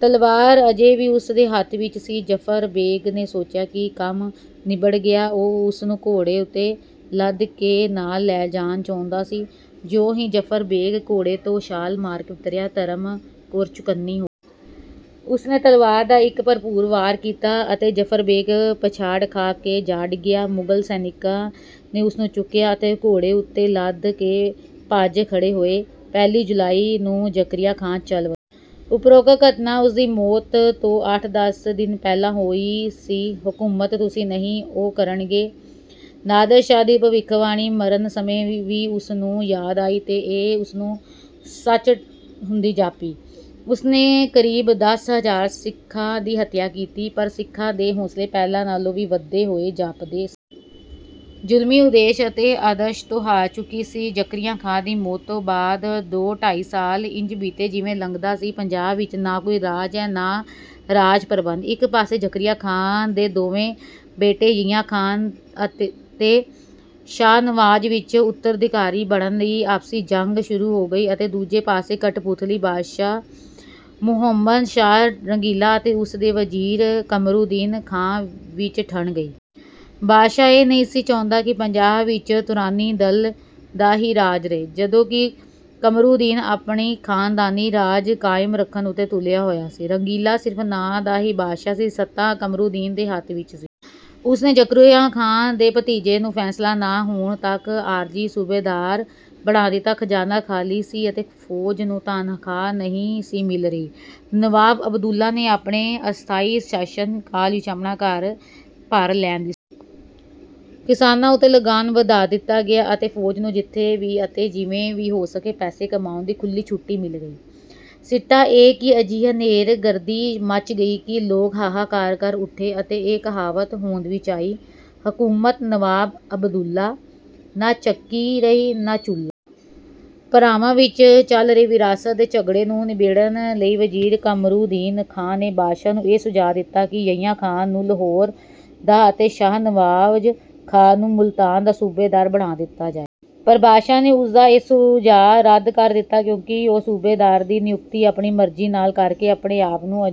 ਤਲਵਾਰ ਅਜੇ ਵੀ ਉਸਦੇ ਹੱਥ ਵਿੱਚ ਸੀ। ਜ਼ਫ਼ਰ ਬੇਗ਼ ਨੇ ਸੋਚਿਆ ਕਿ ਕੰਮ ਨਿਬੜ ਗਿਆ। ਉਹ ਉਸਨੂੰ ਘੋੜੇ ਉੱਤੇ ਲੱਦ ਕੇ ਨਾਲ ਲੈ ਜਾਣ ਚਾਹੁੰਦਾ ਸੀ। ਜਿਉਂ ਹੀ ਜ਼ਫ਼ਰ ਬੇਗ਼ ਘੋੜੇ ਤੋਂ ਛਾਲ ਮਾਰ ਕੇ ਉਤਰਿਆ, ਧਰਮ ਕੌਰ ਚੁਕੰਨੀ ਹੋ ਗਈ। ਉਸਨੇ ਤਲਵਾਰ ਦਾ ਇੱਕ ਭਰਪੂਰ ਵਾਰ ਕੀਤਾ ਅਤੇ ਜ਼ਫ਼ਰ ਬੇਗ਼ ਪਛਾੜ ਖਾ ਕੇ ਜਾ ਡਿੱਗਿਆ। ਮੁਗਲ ਸੈਨਿਕਾਂ ਨੇ ਉਸਨੂੰ ਚੁੱਕਿਆ ਅਤੇ ਘੋੜੇ ਉੱਤੇ ਲੱਦ ਕੇ ਭੱਜ ਖੜ੍ਹੇ ਹੋਏ। ਪਹਿਲੀ ਜੁਲਾਈ ਨੂੰ ਜ਼ਕਰੀਆ ਖਾਂ ਚੱਲ ਉਪਰੋਕਤ ਘਟਨਾ ਉਸਦੀ ਮੌਤ ਤੋਂ ਅੱਠ-ਦਸ ਦਿਨ ਪਹਿਲਾਂ ਹੋਈ ਸੀ। "ਹਕੂਮਤ ਤੁਸੀਂ ਨਹੀਂ, ਉਹ ਕਰਨਗੇ।" ਨਾਦਰ ਸ਼ਾਹ ਦੀ ਭਵਿੱਖਬਾਣੀ ਮਰਨ ਸਮੇਂ ਵੀ ਉਸਨੂੰ ਯਾਦ ਆਈ ਅਤੇ ਇਹ ਉਸਨੂੰ ਸੱਚ ਹੁੰਦੀ ਜਾਪੀ। ਉਸਨੇ ਕਰੀਬ ਦਸ ਹਜ਼ਾਰ ਸਿੱਖਾਂ ਦੀ ਹੱਤਿਆ ਕੀਤੀ, ਪਰ ਸਿੱਖਾਂ ਦੇ ਹੌਂਸਲੇ ਪਹਿਲਾਂ ਨਾਲੋਂ ਵੀ ਵਧੇ ਹੋਏ ਜਾਪਦੇ ਸਨ। ਜੁਲਮੀ ਉਦੇਸ਼ ਅਤੇ ਆਦਰਸ਼ ਤੋਂ ਹਾਰ ਚੁੱਕੀ ਸੀ। ਜ਼ਕਰੀਆ ਖਾਂ ਦੀ ਮੌਤ ਤੋਂ ਬਾਅਦ ਦੋ-ਢਾਈ ਸਾਲ ਇੰਜ ਬੀਤੇ ਜਿਵੇਂ ਲੱਗਦਾ ਸੀ ਪੰਜਾਬ ਵਿੱਚ ਨਾ ਕੋਈ ਰਾਜ ਹੈ ਨਾ ਰਾਜ-ਪ੍ਰਬੰਧ। ਇੱਕ ਪਾਸੇ ਜ਼ਕਰੀਆ ਖਾਂ ਦੇ ਦੋਵੇਂ ਬੇਟੇ ਯਹੀਆ ਖਾਂ ਅਤੇ ਸ਼ਾਹ ਨਵਾਜ਼ ਵਿੱਚ ਉੱਤਰਾਧਿਕਾਰੀ ਬਣਨ ਲਈ ਆਪਸੀ ਜੰਗ ਸ਼ੁਰੂ ਹੋ ਗਈ ਅਤੇ ਦੂਜੇ ਪਾਸੇ ਕਠਪੁਤਲੀ ਬਾਦਸ਼ਾਹ ਮੁਹੰਮਦ ਸ਼ਾਹ ਰੰਗੀਲਾ ਅਤੇ ਉਸਦੇ ਵਜ਼ੀਰ ਕਮਰੂਦੀਨ ਖਾਂ ਵਿੱਚ ਠਣ ਗਈ। ਬਾਦਸ਼ਾਹ ਇਹ ਨਹੀਂ ਸੀ ਚਾਹੁੰਦਾ ਕਿ ਪੰਜਾਬ ਵਿੱਚ ਤੁਰਾਨੀ-ਦਲ ਦਾ ਹੀ ਰਾਜ ਰਹੇ, ਜਦੋਂ ਕਿ ਕਮਰੂਦੀਨ ਆਪਣਾ ਖਾਨਦਾਨੀ ਰਾਜ ਕਾਇਮ ਰੱਖਣ ਉੱਤੇ ਤੁਲਿਆ ਹੋਇਆ ਸੀ। ਰੰਗੀਲਾ ਸਿਰਫ਼ ਨਾਂ ਦਾ ਹੀ ਬਾਦਸ਼ਾਹ ਸੀ। ਸੱਤਾ ਕਮਰੂਦੀਨ ਦੇ ਹੱਥ ਵਿੱਚ ਸੀ। ਉਸਨੇ ਜ਼ਕਰੀਆ ਖਾਂ ਦੇ ਭਤੀਜੇ ਨੂੰ ਫੈਸਲਾ ਨਾ ਹੋਣ ਤੱਕ ਆਰਜ਼ੀ ਸੂਬੇਦਾਰ ਬਣਾ ਦਿੱਤਾ। ਖਜ਼ਾਨਾ ਖਾਲੀ ਸੀ ਅਤੇ ਫੌਜ ਨੂੰ ਤਨਖਾਹ ਨਹੀਂ ਸੀ ਮਿਲ ਰਹੀ। ਨਵਾਬ ਅਬਦੁੱਲਾ ਨੇ ਆਪਣੇ ਅਸਥਾਈ ਸ਼ਾਸਨ ਕਾਲ ਵਿੱਚ ਆਪਣਾ ਘਰ ਭਰ ਲੈਣ ਕਿਸਾਨਾਂ ਉੱਤੇ ਲਗਾਨ ਵਧਾ ਦਿੱਤਾ ਗਿਆ ਅਤੇ ਫੌਜ ਨੂੰ ਜਿੱਥੋਂ ਵੀ ਅਤੇ ਜਿਵੇਂ ਵੀ ਹੋ ਸਕੇ ਪੈਸੇ ਕਮਾਉਣ ਦੀ ਖੁੱਲ੍ਹੀ ਛੁੱਟੀ ਮਿਲ ਗਈ। ਸਿੱਟਾ ਇਹ ਕਿ ਅਜਿਹੀ ਹਨੇਰਗਰਦੀ ਮੱਚ ਗਈ ਕਿ ਲੋਕ ਹਾਹਾਕਾਰ ਕਰ ਉੱਠੇ ਅਤੇ ਇਹ ਕਹਾਵਤ ਹੋਂਦ ਵਿੱਚ ਆਈ, "ਹਕੂਮਤ ਨਵਾਬ ਅਬਦੁੱਲਾ, ਨਾ ਚੱਕੀ ਰਹੀ ਨਾ ਚੁੱਲ੍ਹਾ।" ਭਰਾਵਾਂ ਵਿੱਚ ਚੱਲ ਰਹੇ ਵਿਰਾਸਤ ਦੇ ਝਗੜੇ ਨੂੰ ਨਿਬੇੜਨ ਲਈ ਵਜ਼ੀਰ ਕਮਰੂਦੀਨ ਖਾਂ ਨੇ ਬਾਦਸ਼ਾਹ ਨੂੰ ਇਹ ਸੁਝਾਅ ਦਿੱਤਾ ਕਿ ਯਹੀਆ ਖਾਂ ਨੂੰ ਲਾਹੌਰ ਦਾ ਅਤੇ ਸ਼ਾਹ ਨਵਾਜ਼ ਖਾਂ ਨੂੰ ਮੁਲਤਾਨ ਦਾ ਸੂਬੇਦਾਰ ਬਣਾ ਦਿੱਤਾ ਜਾਏ। ਪਰ ਬਾਦਸ਼ਾਹ ਨੇ ਉਸਦਾ ਇਹ ਸੁਝਾਅ ਰੱਦ ਕਰ ਦਿੱਤਾ, ਕਿਉਂਕਿ ਉਹ ਸੂਬੇਦਾਰ ਦੀ ਨਿਯੁਕਤੀ ਆਪਣੀ ਮਰਜ਼ੀ ਨਾਲ ਕਰਕੇ ਆਪਣੇ ਆਪ ਨੂੰ